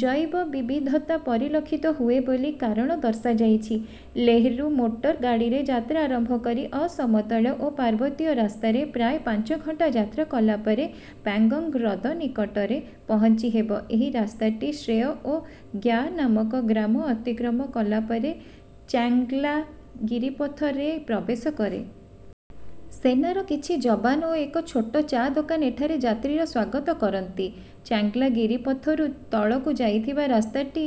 ଜୈବ ବିବିଧତା ପରିଲକ୍ଷିତ ହୁଏ ବୋଲି କାରଣ ଦର୍ଶାଯାଇଛି। ଲେହରୁ ମୋଟର ଗାଡିରେ ଯାତ୍ରା ଆରମ୍ଭ କରି ଅସମତଳ ଓ ପାର୍ବତୀୟ ରାସ୍ତାରେ ପ୍ରାୟ ପାଞ୍ଚ ଘଣ୍ଟା ଯାତ୍ରା କଲାପରେ ପାଂଗୋଂଗ୍ ହ୍ରଦ ନିକଟରେ ପହଞ୍ଚି ହେବ। ଏହି ରାସ୍ତାଟି ଶ୍ରେୟ୍ ଓ ଗ୍ୟା ନାମକ ଗ୍ରାମ ଅତିକ୍ରମ କଲାପରେ ଚାଂଗ୍ଲା ଗିରିପଥ ରେ ପ୍ରବେଶ କରେ। ସେନାର କିଛି ଜବାନ ଓ ଏକ ଛୋଟ ଚା ଦୋକାନ ଏଠାରେ ଯାତ୍ରୀର ସ୍ୱାଗତ କରନ୍ତି। ଚାଂଗ୍ଲା ଗିରିପଥରୁ ତଳକୁ ଯାଇଥିବା ରାସ୍ତାଟି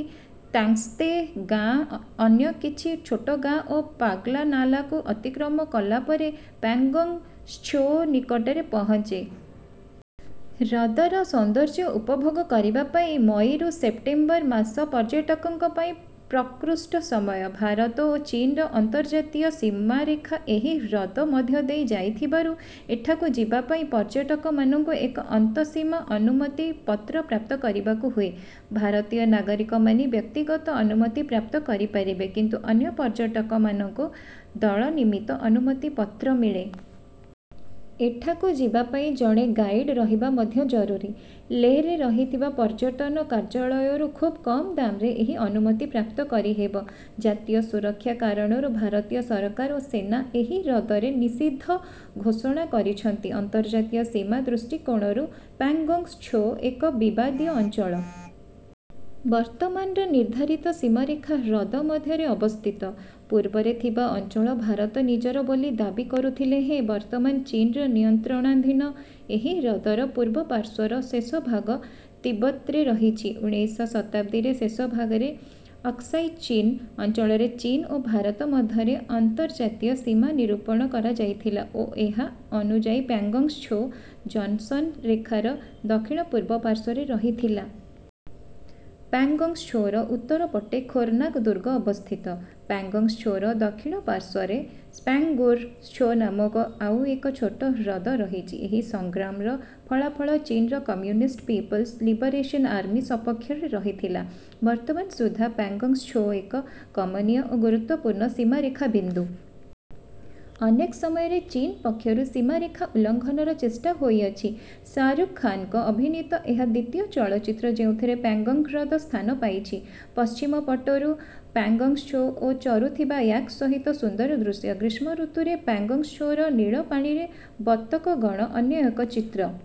ତାଂଗ୍ସତେ ଗାଁ ଅନ୍ୟ କିଛି ଛୋଟ ଗାଁ ଓ ପାଗଲା ନାଲା କୁ ଅତିକ୍ରମ କଲାପରେ ପାଂଗୋଂଗ୍ ତ୍ସୋ ନିକଟରେ ପହଞ୍ଚେ। ହ୍ରଦର ସୌନ୍ଦର୍ଯ୍ୟ ଉପଭୋଗ କରିବା ପାଇଁ ମଇରୁ ସେପ୍ଟେମ୍ବର୍ ମାସ ପର୍ଯ୍ୟଟକଙ୍କ ପାଇଁ ପ୍ରକୃଷ୍ଟ ସମୟ। ଭାରତ ଓ ଚୀନର ଅନ୍ତର୍ଯାତୀୟ ସୀମାରେଖା ଏହି ହ୍ରଦ ମଧ୍ୟଦେଇ ଯାଇଥିବାରୁ ଏଠାକୁ ଯିବାପାଇଁ ପର୍ଯ୍ୟଟକମାନଙ୍କୁ ଏକ ଅନ୍ତଃସୀମା ଅନୁମତି ପତ୍ର ପ୍ରାପ୍ତ କରିବାକୁ ହୁଏ। ଭାରତୀୟ ନାଗରିକମାନେ ବ୍ୟକ୍ତିଗତ ଅନୁମତି ପ୍ରାପ୍ତ କରିପାରିବେ କିନ୍ତୁ ଅନ୍ୟ ପର୍ଯ୍ୟଟକମାନଙ୍କୁ ଦଳ ନିମିତ୍ତ ଅନୁମତି ପତ୍ର ମିଳେ। ଏଠାକୁ ଯିବାପାଇଁ ଜଣେ ଗାଇଡ୍ ରହିବା ମଧ୍ୟ ଜରୁରୀ। ଲେହରେ ରହିଥିବା ପର୍ଯ୍ୟଟନ କାର୍ଯ୍ୟାଳୟରୁ ଖୁବ୍ କମ୍ ଦାମରେ ଏହି ଅନୁମତି ପ୍ରାପ୍ତ କରିହେବ। ଜାତୀୟ ସୁରକ୍ଷା କାରଣରୁ ଭାରତୀୟ ସରକାର ଓ ସେନା ଏହି ହ୍ରଦରେ ନିଷିଦ୍ଧ ଘୋଷଣା କରିଛନ୍ତି। ଅନ୍ତର୍ଯାତୀୟ ସୀମା ଦୃଷ୍ଟିକୋଣରୁ ପାଂଗୋଂଗ୍ ତ୍ସୋ ଏକ ବିବାଦୀୟ ଅଞ୍ଚଳ। ବର୍ତ୍ତମାନର ନିର୍ଦ୍ଧାରିତ ସୀମାରେଖା ହ୍ରଦ ମଧ୍ୟରେ ଅବସ୍ଥିତ। ପୂର୍ବରେ ଥିବା ଅଞ୍ଚଳ ଭାରତ ନିଜର ବୋଲି ଦାବୀ କରୁଥିଲେ ହେଁ ବର୍ତ୍ତମାନ ଚୀନର ନିୟନ୍ତ୍ରଣାଧୀନ। ଏହି ହ୍ରଦର ପୂର୍ବପାର୍ଶ୍ୱର ଶେଷଭାଗ ତିବ୍ୱତରେ ରହିଛି। ଉଣେଇଶ ଶତାବ୍ଦୀରେ ଶେଷଭାଗରେ ଅକ୍ସାଇ ଚୀନ ଅଞ୍ଚଳରେ ଚୀନ ଓ ଭାରତ ମଧ୍ୟରେ ଅନ୍ତର୍ଜାତୀୟ ସୀମା ନିରୂପଣ କରାଯାଇଥିଲା ଓ ଏହା ଅନୁଯାୟୀ ପାଂଗୋଂଗ୍ ତ୍ସୋ ଜନସନ୍ ରେଖାର ଦକ୍ଷିଣପୂର୍ବ ପାର୍ଶ୍ୱରେ ରହିଥିଲା। ପାଂଗୋଂଗ୍ ତ୍ସୋର ଉତ୍ତର ପଟେ ଖୁରନାକ୍ ଦୁର୍ଗ ଅବସ୍ଥିତ। ପାଂଗୋଂଗ୍ ତ୍ସୋର ଦକ୍ଷିଣ ପାର୍ଶ୍ୱରେ ସ୍ପାଂଗୁର୍ ତ୍ସୋ ନାମକ ଆଉ ଏକ ଛୋଟ ହ୍ରଦ ରହିଛି। ଏହି ସଂଗ୍ରାମର ଫଳାଫଳ ଚୀନର କମ୍ୟୁନିଷ୍ଟ୍ ପିପୁଲସ୍ ଲିବରେସନ୍ ଆର୍ମି ସପକ୍ଷରେ ରହିଥିଲା। ବର୍ତ୍ତମାନ ସୁଦ୍ଧା ପାଂଗୋଂଗ୍ ତ୍ସୋ ଏକ କମନୀୟ ଓ ଗୁରୁତ୍ତ୍ୱପୂର୍ଣ୍ଣ ସୀମାରେଖା ବିନ୍ଦୁ। ଅନେକ ସମୟରେ ଚୀନ ପକ୍ଷରୁ ସୀମାରେଖା ଉଲ୍ଲଂଘନର ଚେଷ୍ଟା ହୋଇଅଛି। ଶାହାରୁଖ ଖାନଙ୍କ ଅଭିନୀତ ଏହା ଦ୍ୱିତୀୟ ଚଳଚ୍ଚିତ୍ର ଯେଉଁଥିରେ ପାଂଗୋଂଗ୍ ହ୍ରଦ ସ୍ଥାନ ପାଇଛି। ପଶ୍ଚିମ ପଟରୁ ପାଂଗୋଂଗ୍ ତ୍ସୋ ଓ ଚରୁଥିବା ୟାକ୍ ସହିତ ସୁନ୍ଦର ଦୃଶ୍ୟ । ଗ୍ରୀଷ୍ମଋତୁରେ ପାଂଗୋଂଗ୍ ତ୍ସୋର ନୀଳ ପାଣିରେ ବତକଗଣ ଅନ୍ୟ ଏକ ଚିତ୍ର ।